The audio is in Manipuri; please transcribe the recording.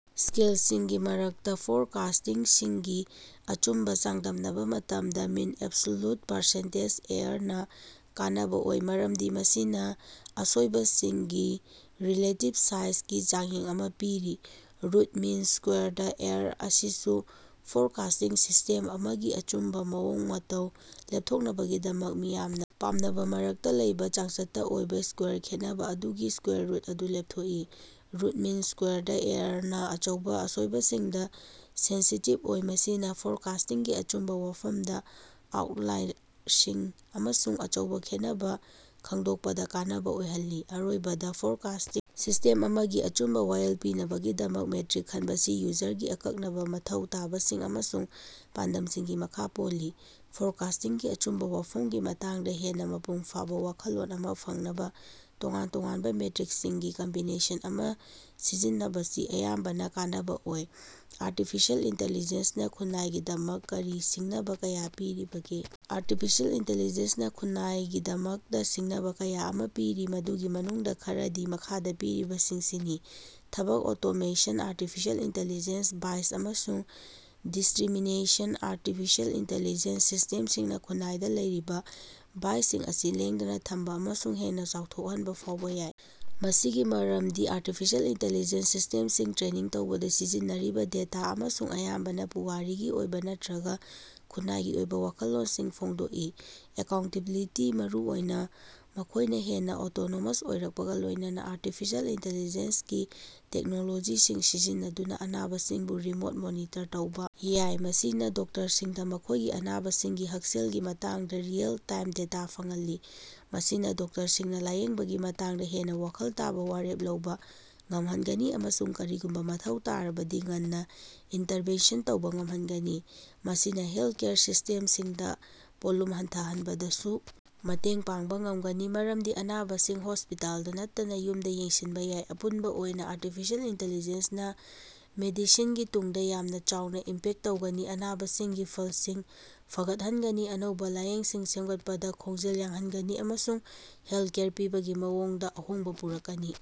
ꯁ꯭ꯀꯦꯜꯁꯤꯡꯒꯤ ꯃꯔꯛꯇ ꯐꯣꯔꯀꯥꯁ꯭ꯠꯁꯤꯡꯒꯤ ꯑꯆꯨꯝꯕ ꯆꯥꯡꯗꯝꯅꯕ ꯃꯇꯝꯗ ꯃꯤꯟ ꯑꯦꯕꯁꯣꯜꯌꯨꯠ ꯄꯥꯔꯁꯦꯟꯇꯦꯖ ꯑꯦꯔꯥꯔꯅꯥ ꯀꯥꯟꯅꯕ ꯑꯣꯏ, ꯃꯔꯝꯗꯤ ꯃꯁꯤꯅ ꯑꯁꯣꯏꯕꯁꯤꯡꯒꯤ ꯔꯤꯂꯦꯇꯤꯕ ꯁꯥꯏꯖꯒꯤ ꯆꯥꯡꯌꯦꯡ ꯑꯃꯥ ꯄꯤꯔꯤ꯫ ꯔꯨꯠ ꯃꯤꯟ ꯁ꯭ꯀꯋꯥꯔꯗ ꯑꯦꯔꯥꯔ ꯑꯁꯤꯁꯨ ꯐꯣꯔꯀꯥꯁ꯭ꯇꯤꯡ ꯁꯤꯁ꯭ꯇꯦꯝ ꯑꯃꯒꯤ ꯑꯆꯨꯝꯕ ꯃꯑꯣꯡ ꯃꯇꯧ ꯂꯦꯞꯊꯣꯛꯅꯕꯒꯤꯗꯃꯛ ꯃꯤꯌꯥꯝꯅ ꯄꯥꯝꯅꯕ ꯃꯔꯛꯇ ꯂꯩꯕ ꯆꯥꯡꯆꯠꯇ ꯑꯣꯏꯕ ꯁ꯭ꯀꯋꯥꯔ ꯈꯦꯠꯅꯕꯥ ꯑꯗꯨꯒꯤ ꯁ꯭ꯀꯋꯥꯔ ꯔꯨꯠ ꯑꯗꯨ ꯂꯦꯞꯊꯣꯞꯏ꯫ ꯔꯨꯠ ꯃꯤꯟ ꯁ꯭ꯀꯋꯥꯔꯗ ꯑꯦꯔꯥꯔꯅꯥ ꯑꯆꯧꯕꯥ ꯑꯁꯣꯏꯕꯁꯤꯡꯗ ꯁꯦꯟꯁꯤꯇꯤꯕ ꯑꯣꯏ, ꯃꯁꯤꯅ ꯐꯣꯔꯀꯥꯁ꯭ꯇꯤꯡꯒꯤ ꯑꯆꯨꯝꯕ ꯋꯥꯐꯝꯗ ꯑꯥꯎꯠꯂꯥꯏꯔꯁꯤꯡ ꯑꯃꯁꯨꯡ ꯑꯆꯧꯕ ꯈꯦꯠꯅꯕ ꯈꯪꯗꯣꯛꯄꯗ ꯀꯥꯟꯅꯕ ꯑꯣꯏꯍꯜꯂꯤ꯫ ꯑꯔꯣꯏꯕꯗ, ꯐꯣꯔꯀꯥꯁ꯭ꯇꯤꯡ ꯁꯤꯁ꯭ꯇꯦꯝ ꯑꯃꯒꯤ ꯑꯆꯨꯝꯕ ꯋꯥꯌꯦꯜ ꯄꯤꯅꯕꯒꯤꯗꯃꯛ ꯃꯦꯇꯔꯤꯛ ꯈꯟꯕꯁꯤ ꯌꯨꯖꯔꯒꯤ ꯑꯀꯛꯅꯕ ꯃꯊꯧ ꯇꯥꯕꯁꯤꯡ ꯑꯃꯁꯨꯡ ꯄꯥꯟꯗꯝꯁꯤꯡꯒꯤ ꯃꯈꯥ ꯄꯣꯜꯂꯤ꯫ ꯐꯣꯔꯀꯥꯁ꯭ꯇꯤꯡꯒꯤ ꯑꯆꯨꯝꯕ ꯋꯥꯐꯝꯒꯤ ꯃꯇꯥꯡꯗ ꯍꯦꯟꯅ ꯃꯄꯨꯡ ꯐꯥꯕ ꯋꯥꯈꯜꯂꯣꯟ ꯑꯃꯥ ꯐꯪꯅꯕꯥ ꯇꯣꯉꯥꯟ ꯇꯣꯉꯥꯟꯕ ꯃꯦꯇꯔꯤꯛꯁꯤꯡꯒꯤ ꯀꯝꯕꯤꯅꯦꯁꯟ ꯑꯃꯥ ꯁꯤꯖꯤꯟꯅꯕꯁꯤ ꯑꯌꯥꯝꯕꯅ ꯀꯥꯟꯅꯕꯥ ꯑꯣꯏ꯫ ꯑꯥꯔꯇꯤꯐꯤꯁꯤꯑꯦꯜ ꯏꯟꯇꯦꯂꯤꯖꯦꯟꯁꯅꯥ ꯈꯨꯟꯅꯥꯏꯒꯤꯗꯃꯛ ꯀꯔꯤ ꯁꯤꯡꯅꯕꯥ ꯀꯌꯥ ꯄꯤꯔꯤꯕꯒꯦ? ꯑꯥꯔꯇꯤꯐꯤꯁꯤꯑꯦꯜ ꯏꯟꯇꯤꯂꯤꯖꯦꯟꯁꯅꯥ ꯈꯨꯟꯅꯥꯏꯒꯤꯗꯃꯛꯇ ꯁꯤꯡꯅꯕ ꯀꯌꯥ ꯑꯃꯥ ꯄꯤꯔꯤ, ꯃꯗꯨꯒꯤ ꯃꯅꯨꯡꯗ ꯈꯔꯗꯤ ꯃꯈꯥꯗ ꯄꯤꯔꯤꯕꯁꯤꯡꯁꯤꯅꯤ: ꯊꯕꯛ ꯑꯣꯇꯣꯃꯦꯁꯟ: ꯑꯥꯔꯇꯤꯐꯤꯁꯤꯑꯦꯜ ꯏꯟꯇꯦꯂꯤꯖꯦꯟꯁ ꯕꯥꯏꯁ ꯑꯃꯁꯨꯡ ꯗꯤꯁꯇꯔꯤꯃꯤꯅꯦꯁꯟ: ꯑꯥꯔꯇꯤꯐꯤꯁꯤꯑꯦꯜ ꯏꯟꯇꯦꯂꯤꯖꯦꯟꯁ ꯁꯤꯁ꯭ꯇꯦꯝꯁꯤꯡꯅ ꯈꯨꯟꯅꯥꯏꯗ ꯂꯩꯔꯤꯕ ꯕꯥꯏꯁꯁꯤꯡ ꯑꯁꯤ ꯂꯦꯡꯗꯅ ꯊꯝꯕ ꯑꯃꯁꯨꯡ ꯍꯦꯟꯅ ꯆꯥꯎꯊꯣꯛꯍꯟꯕ ꯐꯥꯎꯕ ꯌꯥꯏ꯫ ꯃꯁꯤꯒꯤ ꯃꯔꯝꯗꯤ ꯑꯥꯔꯇꯤꯐꯤꯁꯤꯑꯦꯜ ꯏꯟꯇꯦꯂꯤꯖꯦꯟꯁ ꯁꯤꯁ꯭ꯇꯦꯝꯁꯤꯡ ꯇ꯭ꯔꯦꯅꯤꯡ ꯇꯧꯕꯗ ꯁꯤꯖꯤꯟꯅꯔꯤꯕ ꯗꯦꯇꯥ ꯑꯃꯁꯨꯡ ꯑꯌꯥꯝꯕꯅ ꯄꯨꯋꯥꯔꯤꯒꯤ ꯑꯣꯏꯕ ꯅꯠꯇꯔꯒ ꯈꯨꯟꯅꯥꯏꯒꯤ ꯑꯣꯏꯕ ꯋꯥꯈꯜꯂꯣꯟꯁꯤꯡ ꯐꯣꯡꯗꯣꯛꯏ꯫ ꯑꯦꯀꯥꯎꯟꯇꯦꯕꯤꯂꯤꯇꯤ: ꯃꯔꯨꯑꯣꯏꯅ ꯃꯈꯣꯏꯅ ꯍꯦꯟꯅ ꯑꯣꯇꯣꯅꯣꯃꯁ ꯑꯣꯏꯔꯛꯄꯒ ꯂꯣꯏꯅꯅꯥ ꯑꯥꯔꯇꯤꯐꯤꯁꯤꯑꯦꯜ ꯏꯟꯇꯦꯂꯤꯖꯦꯟꯁꯀꯤ ꯇꯦꯛꯅꯣꯂꯣꯖꯤꯁꯤꯡ ꯁꯤꯖꯤꯟꯅꯗꯨꯅ ꯑꯅꯥꯕꯁꯤꯡꯕꯨ ꯔꯤꯃꯣꯠ ꯃꯣꯅꯤꯇꯔ ꯇꯧꯕ ꯌꯥꯏ, ꯃꯁꯤꯅꯥ ꯗꯣꯛꯇꯔꯁꯤꯡꯗ ꯃꯈꯣꯏꯒꯤ ꯑꯅꯥꯕꯁꯤꯡꯒꯤ ꯍꯛꯁꯦꯜꯒꯤ ꯃꯇꯥꯡꯗ ꯔꯤꯑꯦꯜ-ꯇꯥꯏꯝ ꯗꯦꯇꯥ ꯐꯪꯍꯜꯂꯤ꯫ ꯃꯁꯤꯅꯥ ꯗꯣꯛꯇꯔꯁꯤꯡꯅ ꯂꯥꯏꯌꯦꯡꯕꯒꯤ ꯃꯇꯥꯡꯗ ꯍꯦꯟꯅ ꯋꯥꯈꯜ ꯇꯥꯕꯥ ꯋꯥꯔꯦꯞ ꯂꯧꯕ ꯉꯝꯍꯟꯒꯅꯤ ꯑꯃꯁꯨꯡ ꯀꯔꯤꯒꯨꯝꯕ ꯃꯊꯧ ꯇꯥꯔꯕꯗꯤ ꯉꯟꯅ ꯏꯟꯇꯔꯚꯦꯟꯁꯟ ꯇꯧꯕ ꯉꯝꯍꯟꯒꯅꯤ꯫ ꯃꯁꯤꯅꯥ ꯍꯦꯜꯀꯦꯌꯔ ꯁꯤꯁ꯭ꯇꯦꯝꯁꯤꯡꯗ ꯄꯣꯠꯂꯨꯝ ꯍꯟꯊꯍꯟꯕꯗꯁꯨ ꯃꯇꯦꯡ ꯄꯥꯡꯕꯥ ꯉꯝꯒꯅꯤ, ꯃꯔꯝꯗꯤ ꯑꯅꯥꯕꯁꯤꯡ ꯍꯣꯁ꯭ꯄꯤꯇꯥꯜꯗ ꯅꯠꯇꯅ ꯌꯨꯝꯗ ꯌꯦꯡꯁꯤꯟꯕ ꯌꯥꯏ꯫ ꯑꯄꯨꯟꯕ ꯑꯣꯏꯅ ꯑꯥꯔꯇꯤꯐꯤꯁꯤꯑꯦꯜ ꯏꯟꯇꯦꯂꯤꯖꯦꯟꯁꯅꯥ ꯃꯦꯗꯤꯁꯤꯟꯒꯤ ꯇꯨꯡꯗ ꯌꯥꯝꯅ ꯆꯥꯎꯅ ꯏꯝꯄꯦꯛꯠ ꯇꯧꯒꯅꯤ, ꯑꯅꯥꯕꯁꯤꯡꯒꯤ ꯐꯜꯁꯤꯡ ꯐꯒꯠꯍꯟꯒꯅꯤ, ꯑꯅꯧꯕ ꯂꯥꯌꯦꯡꯁꯤꯡ ꯁꯦꯝꯒꯠꯄꯗ ꯈꯣꯡꯖꯦꯜ ꯌꯥꯡꯍꯟꯒꯅꯤ, ꯑꯃꯁꯨꯡ ꯍꯦꯜꯀꯦꯌꯔ ꯄꯤꯕꯒꯤ ꯃꯑꯣꯡꯗ ꯑꯍꯣꯡꯕ ꯄꯨꯔꯛꯀꯅꯤ꯫